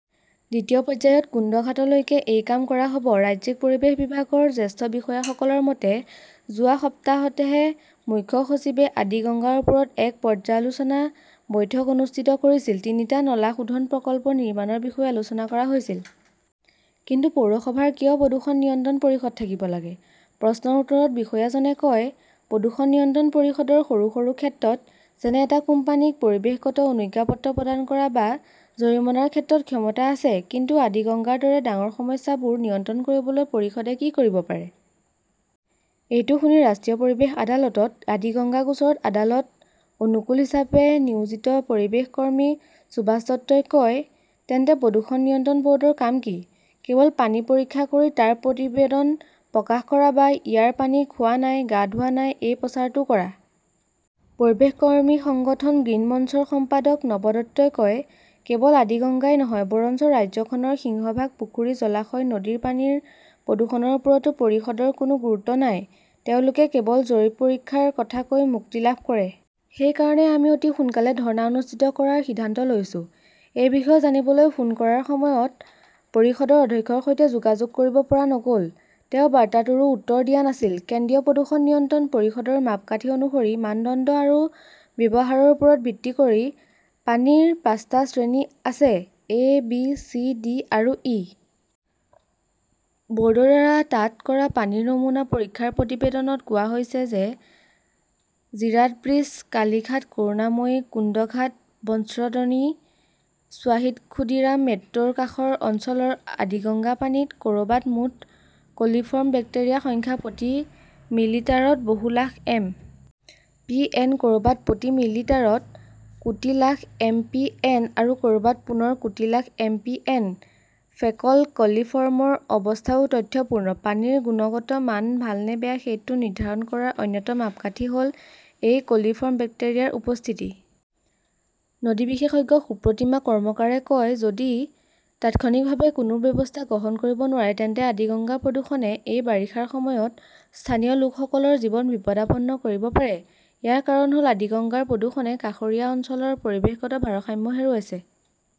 দ্বিতীয় পৰ্যায়ত কুন্দঘাটলৈকে এই কাম কৰা হ'ব। ৰাজ্যিক পৰিৱেশ বিভাগৰ জ্যেষ্ঠ বিষয়াসকলৰ মতে, যোৱা সপ্তাহতহে মুখ্য সচিবে আদিগঙ্গাৰ ওপৰত এক পৰ্যালোচনা বৈঠক অনুষ্ঠিত কৰিছিল। তিনিটা নলা শোধন প্ৰকল্প নিৰ্মাণৰ বিষয়েও আলোচনা কৰা হৈছিল। কিন্তু পৌৰসভাৰ কিয় প্ৰদূষণ নিয়ন্ত্ৰণ পৰিষদ থাকিব লাগে? প্ৰশ্নৰ উত্তৰত বিষয়াজনে কয়, প্ৰদূষণ নিয়ন্ত্ৰণ পৰিষদৰ সৰু সৰু ক্ষেত্ৰত, যেনে এটা কোম্পানীক পৰিৱেশগত অনুজ্ঞাপত্ৰ প্ৰদান কৰা বা জৰিমনাৰ ক্ষেত্ৰত ক্ষমতা আছে। কিন্তু আদিগঙ্গাৰ দৰে ডাঙৰ সমস্যাবোৰ নিয়ন্ত্ৰণ কৰিবলৈ পৰিষদে কি কৰিব পাৰে? এইটো শুনি, ৰাষ্ট্ৰীয় পৰিৱেশ আদালতত আদিগঙ্গা গোচৰত আদালত-অনুকূল হিচাপে নিয়োজিত পৰিৱেশ কৰ্মী সুভাষ দত্তই কয়, তেন্তে প্ৰদূষণ নিয়ন্ত্ৰণ ব'ৰ্ডৰ কাম কি? কেৱল পানী পৰীক্ষা কৰি তাৰ প্ৰতিবেদন প্ৰকাশ কৰা বা ইয়াৰ পানী খোৱা নাই, গা ধোৱা নাই, এই প্ৰচাৰটো কৰা? পৰিৱেশ কৰ্মী সংগঠন গ্ৰীণ মঞ্চৰ সম্পাদক নব দত্তই কয়, কেৱল আদিগংগাই নহয়, বৰঞ্চ ৰাজ্যখনৰ সিংহভাগ পুখুৰী, জলাশয়, নদীৰ পানীৰ প্ৰদূষণৰ ওপৰতো পৰিষদৰ কোনো গুৰুত্ব নাই। তেওঁলোকে কেৱল জৰীপ-পৰীক্ষাৰ কথা কৈ মুক্তি লাভ কৰে। সেই কাৰণেই আমি অতি সোনকালে ধৰ্ণা অনুষ্ঠিত কৰাৰ সিদ্ধান্ত লৈছো। এই বিষয়ে জানিবলৈ ফোন কৰাৰ সময়ত পৰিষদৰ অধ্যক্ষৰ সৈতে যোগাযোগ কৰিব পৰা নগ'ল। তেওঁ বাৰ্তাটোৰো উত্তৰ দিয়া নাছিল। কেন্দ্ৰীয় প্ৰদূষণ নিয়ন্ত্ৰণ পৰিষদৰ মাপকাঠি অনুসৰি, মানদণ্ড আৰু ব্যৱহাৰৰ ওপৰত ভিত্তি কৰি পানীৰ পাঁচটা শ্ৰেণী আছে-এ, বি, চি, ডি আৰু ই। ব'ৰ্ডৰ দ্বাৰা তাত কৰা পানীৰ নমুনা পৰীক্ষাৰ প্ৰতিবেদনত কোৱা হৈছে যে জিৰাট ব্ৰীজ, কালীঘাট, কৰুণাময়ী, কুন্দঘাট, বনশ্দ্ৰনী, শ্বাহিদ খুদিৰাম মেট্ৰৰ কাষৰ অঞ্চলৰ আদিগঙ্গাৰ পানীত ক'ৰবাত মুঠ কলিফৰ্ম বেক্টেৰিয়াৰ সংখ্যা প্ৰতি মিলিটাৰত বহু লাখ এম. পি. এন., ক'ৰবাত প্ৰতি মিলিটাৰত কোটি লাখ এম. পি. এন., আৰু ক'ৰবাত পুনৰ কোটি lakh M. P. N.. Faecal কলিফৰ্মৰ অৱস্থাও তথ্যপূৰ্ণ। পানীৰ গুণগত মান ভাল নে বেয়া সেইটো নিৰ্ধাৰণ কৰাৰ অন্যতম মাপকাঠি হ'ল এই কলিফৰ্ম বেক্টেৰিয়াৰ উপস্থিতি। নদী বিশেষজ্ঞ সুপ্ৰতীমা কৰ্মকাৰে কয়, যদি তাৎক্ষণিকভাৱে কোনো ব্যৱস্থা গ্ৰহণ কৰিব নোৱাৰি, তেন্তে আদিগঙ্গাৰ প্ৰদূষণে এই বাৰিষাৰ সময়ত স্থানীয় লোকসকলৰ জীৱন বিপদাপন্ন কৰিব পাৰে। ইয়াৰ কাৰণ হ'ল, আদিগঙ্গাৰ প্ৰদূষণে কাষৰীয়া অঞ্চলৰ পৰিৱেশগত ভাৰসাম্য হেৰুৱাইছে।